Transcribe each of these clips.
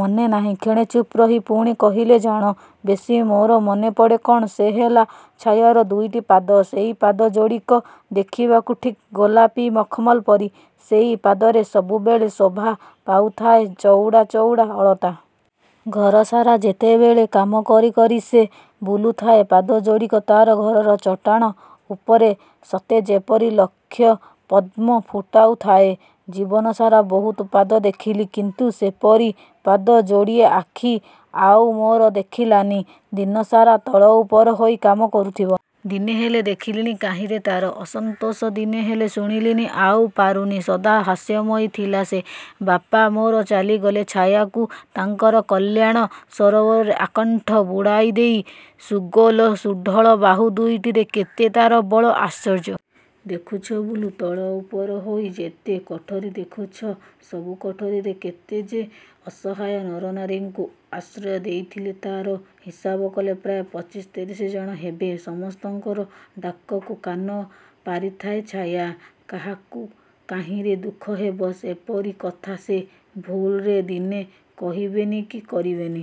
ମନେ ନାହିଁ। କ୍ଷଣେ ଚୁପ୍ ରହି ପୁଣି କହିଲେ ଜାଣ, ବେଶୀ ମୋର ମନେ ପଡ଼େ କ'ଣ? ସେ ହେଲା ଛାୟାର ଦୁଇଟି ପାଦ। ସେଇ ପାଦ ଯୋଡ଼ିକ ଦେଖିବାକୁ ଠିକ୍ ଗୋଲାପୀ ମଖମଲ ପରି। ସେଇ ପାଦରେ ସବୁବେଳେ ଶୋଭା ପାଉଥାଏ ଚଉଡ଼ା ଚଉଡ଼ା ଅଳତା। ଘରସାରା ଯେତେବେଳେ କାମ କରି କରି ସେ ବୁଲୁଥାଏ, ପାଦ ଯୋଡ଼ିକ ତା'ର ଘରର ଚଟାଣ ଉପରେ ସତେଯେପରି ଲକ୍ଷ ପଦ୍ମ ଫୁଟାଉଥାଏ। ଜୀବନସାରା ବହୁତ ପାଦ ଦେଖିଲି, କିନ୍ତୁ ସେପରି ପାଦ ଯୋଡ଼ିଏ ଆଖି ଆଉ ମୋର ଦେଖିଲାନି। ଦିନସାରା ତଳ ଉପର ହୋଇ କାମ କରୁଥିବ। ଦିନେ ହେଲେ ଦେଖିଲିନି କାହିଁରେ ତା'ର ଅସନ୍ତୋଷ। ଦିନେ ହେଲେ ଶୁଣିଲିନି ଆଉ ପାରୁନି। ସଦା ହାସ୍ୟମୟୀ ଥିଲା ସେ। ବାପା ମୋର ଚାଲିଗଲେ ଛାୟାକୁ ତାଙ୍କର କଲ୍ୟାଣ ସରୋବରରେ ଆକଣ୍ଠ ବୁଡ଼ାଇ ଦେଇ। ସୁଗୋଲ, ସୁଧଳ ବାହୁ ଦୁଇଟିରେ କେତେ ତା'ର ବଳ। ଆଶ୍ଚର୍ଯ୍ୟ! ଦେଖୁଛ ବୁଲୁ, ତଳ ଉପର ହୋଇ ଯେତେ କଠୋରି ଦେଖୁଛ, ସବୁକଠୋରିରେ କେତେ ଯେ ଅସହାୟ ନରନାରୀଙ୍କୁ ଆଶ୍ରୟ ଦେଇଥିଲେ ତା'ର ହିସାବ କଲେ ପ୍ରାୟ ପଚିଶ ତିରିଶ ଜଣ ହେବେ। ସମସ୍ତଙ୍କର ଡାକକୁ କାନ ପାରିଥାଏ ଛାୟା। କାହାକୁ କାହିଁରେ ଦୁଃଖ ହେବ, ସେପରି କଥା ସେ ଭୁଲରେ ଦିନେ କହିବେନି କି କରିବେନି।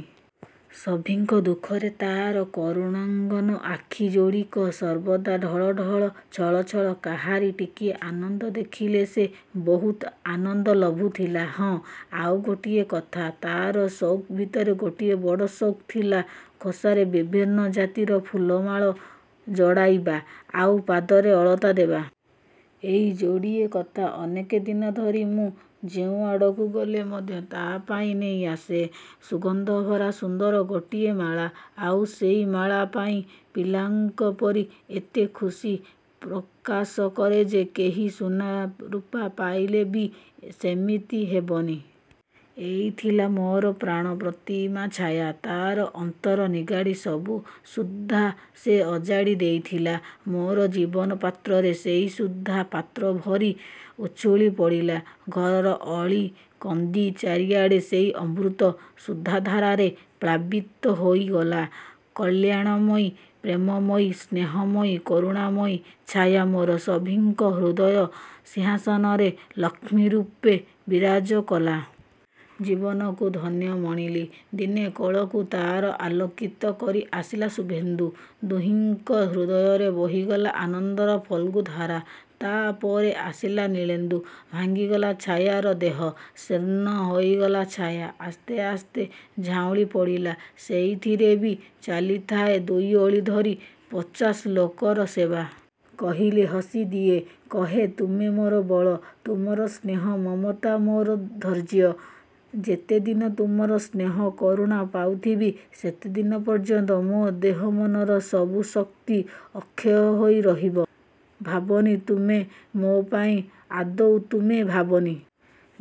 ସଭିଙ୍କ ଦୁଃଖରେ ତା'ର କରୁଣାଙ୍ଗନ ଆଖି ଯୋଡ଼ିକ ସର୍ବଦା ଢଳ ଢଳ ଛଳ ଛଳ। କାହାରି ଟିକିଏ ଆନନ୍ଦ ଦେଖିଲେ, ସେ ବହୁତ ଆନନ୍ଦ ଲଭୁଥିଲା। ହଁ, ଆଉ ଗୋଟିଏ କଥା। ତା'ର ସଉକ ଭିତରେ ଗୋଟିଏ ବଡ଼ ସଉକ ଥିଲା ଖୋସାରେ ବିଭିନ୍ନ ଜାତିର ଫୁଲମାଳ ଜଡ଼ାଇବା, ଆଉ ପାଦରେ ଅଳତା ଦେବା। ଏଇ ଯୋଡ଼ିଏ କଥା। ଅନେକ ଦିନ ଧରି ମୁଁ ଯେଉଁଆଡ଼କୁ ଗଲେ ମଧ୍ୟ ତା' ପାଇଁ ନେଇ ଆସେ ସୁଗନ୍ଧ ଭରା ସୁନ୍ଦର ଗୋଟିଏ ମାଳା। ଆଉ ସେଇ ମାଳା ପାଇ ପିଲାଙ୍କ ପରି ଏତେ ଖୁସି ପ୍ରକାଶ କରେ ଯେ, କେହି ସୁନା ରୁପା ପାଇଲେ ବି ସେମିତି ହେବନି। ଏଇ ଥିଲା ମୋର ପ୍ରାଣ-ପ୍ରତିମା ଛାୟା। ତା'ର ଅନ୍ତର ନିଗାଡ଼ି ସବୁ ସୁଧା ସେ ଅଜାଡ଼ି ଦେଇଥିଲା ମୋର ଜୀବନ ପାତ୍ରରେ। ସେଇ ସୁଧା ପାତ୍ର ଭରି ଉଛୁଳି ପଡ଼ିଲା। ଘରର ଅଳି କନ୍ଦି ଚାରିଆଡ଼େ ସେଇ ଅମୃତ ସୁଧାଧାରାରେ ପ୍ଳାବିତ ହୋଇଗଲା। କଲ୍ୟାଣମୟୀ, ପ୍ରେମମୟୀ, ସ୍ନେହମୟୀ, କରୁଣାମୟୀ ଛାୟା ମୋର ସଭିଙ୍କ ହୃଦୟ ସିଂହାସନରେ ଲକ୍ଷ୍ମୀରୂପେ ବିରାଜ କଲା। ଜୀବନକୁ ଧନ୍ୟ ମଣିଲି। ଦିନେ କୋଳକୁ ତା'ର ଆଲୋକିତ କରି ଆସିଲା ଶୁଭେନ୍ଦୁ। ଦୁହିଁଙ୍କ ହୃଦୟରେ ବହିଗଲା ଆନନ୍ଦର ଫଲ୍ଗୁ ଧାରା। ତା' ପରେ ଆସିଲା ନୀଳେନ୍ଦୁ। ଭାଙ୍ଗିଗଲା ଛାୟାର ଦେହ। ଶୀର୍ଣ୍ଣ ହୋଇଗଲା ଛାୟା, ଆସ୍ତେ ଆସ୍ତେ ଝାଉଁଳି ପଡ଼ିଲା। ସେଇଥିରେ ବି ଚାଲିଥାଏ ଦୁଇଓଳି ଧରି ପଚାଶ ଲୋକର ସେବା। କହିଲେ ହସି ଦିଏ। କହେ ତୁମେ ମୋର ବଳ, ତୁମର ସ୍ନେହ, ମମତା ମୋର ଧୈର୍ଯ୍ୟ। ଯେତେଦିନ ତୁମର ସ୍ନେହ କରୁଣା ପାଉଥିବି ସେତେଦିନ ପର୍ଯ୍ୟନ୍ତ ମୋ ଦେହ ମନର ସବୁ ଶକ୍ତି ଅକ୍ଷୟ ହୋଇ ରହିବ। ଭାବନି ତୁମେ ମୋ ପାଇଁ ଆଦୌ ତୁମେ ଭାବନି।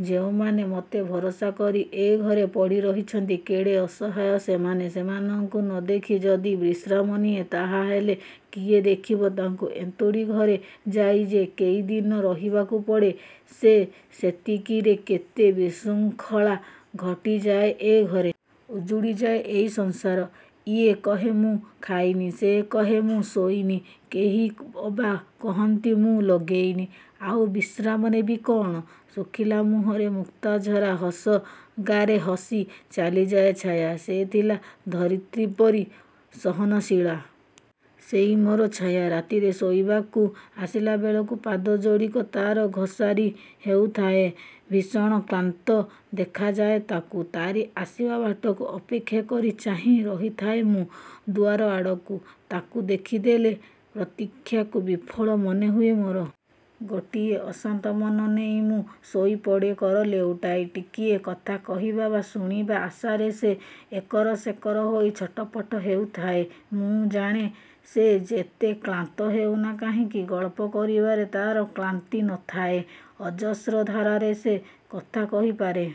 ଯେଉଁମାନେ ମତେ ଭରସା କରି ଏ ଘରେ ପଡ଼ି ରହିଛନ୍ତି କେଡ଼େ ଅସହାୟ ସେମାନେ । ସେମାନଙ୍କୁ ନ ଦେଖି ଯଦି ବିଶ୍ରାମ ନିଏ ତାହାହେଲେ କିଏ ଦେଖିବ ତାଙ୍କୁ। ଏନ୍ତୁଡ଼ି ଘରେ ଯାଇ ଯେ କେଇଦିନ ରହିବାକୁ ପଡ଼େ, ସେ ସେତିକିରେ କେତେ ବିଶୃଙ୍ଖଳା ଘଟିଯାଏ ଏ ଘରେ। ଉଜୁଡ଼ି ଯାଏ ଏଇ ସଂସାର। ଇଏ କହେ ମୁଁ ଖାଇନି, ସେ କହେ ମୁଁ ଶୋଇନି, କେହି ଅବା କହନ୍ତି ମୁଁ ଲଗେଇନି, ଆଉ ବିଶ୍ରାମ ନେବି କ'ଣ? ଶୁଖିଲା ମୁହଁରେ ମୁକ୍ତାଝରା ହସ ଗାରେ ହସି ଚାଲିଯାଏ ଛାୟା। ସେ ଥିଲା ଧରିତ୍ରୀ ପରି ସହନଶୀଳା। ସେଇ ମୋର ଛାୟା। ରାତିରେ ଶୋଇବାକୁ ଆସିଲା ବେଳକୁ ପାଦ ଯୋଡ଼ିକ ତା'ର ଘୋସାରି ହେଉଥାଏ। ଭୀଷଣ କ୍ଳାନ୍ତ ଦେଖାଯାଏ ତାକୁ। ତା'ରି ଆସିବା ବାଟକୁ ଅପେକ୍ଷା କରି ଚାହିଁ ରହିଥାଏ ମୁଁ ଦୁଆର ଆଡ଼କୁ। ତାକୁ ଦେଖି ଦେଲେ ପ୍ରତୀକ୍ଷାକୁ ବିଫଳ ମନେ ହୁଏ ମୋର। ଗୋଟିଏ ଅଶାନ୍ତ ମନ ନେଇ ମୁଁ ଶୋଇ ପଡ଼େ କର ଲେଉଟାଇ। ଟିକିଏ କଥା କହିବା ବା ଶୁଣିବା ଆଶାରେ ସେ ଏକର ସେକର ହୋଇ ଛଟପଟ ହେଉଥାଏ। ମୁଁ ଜାଣେ, ସେ ଯେତେ କ୍ଳାନ୍ତ ହେଉନା କାହିଁକି ଗଳ୍ପ କରିବାରେ ତା'ର କ୍ଳାନ୍ତି ନଥାଏ। ଅଜସ୍ର ଧାରାରେ ସେ କଥା କହି ପାରେ।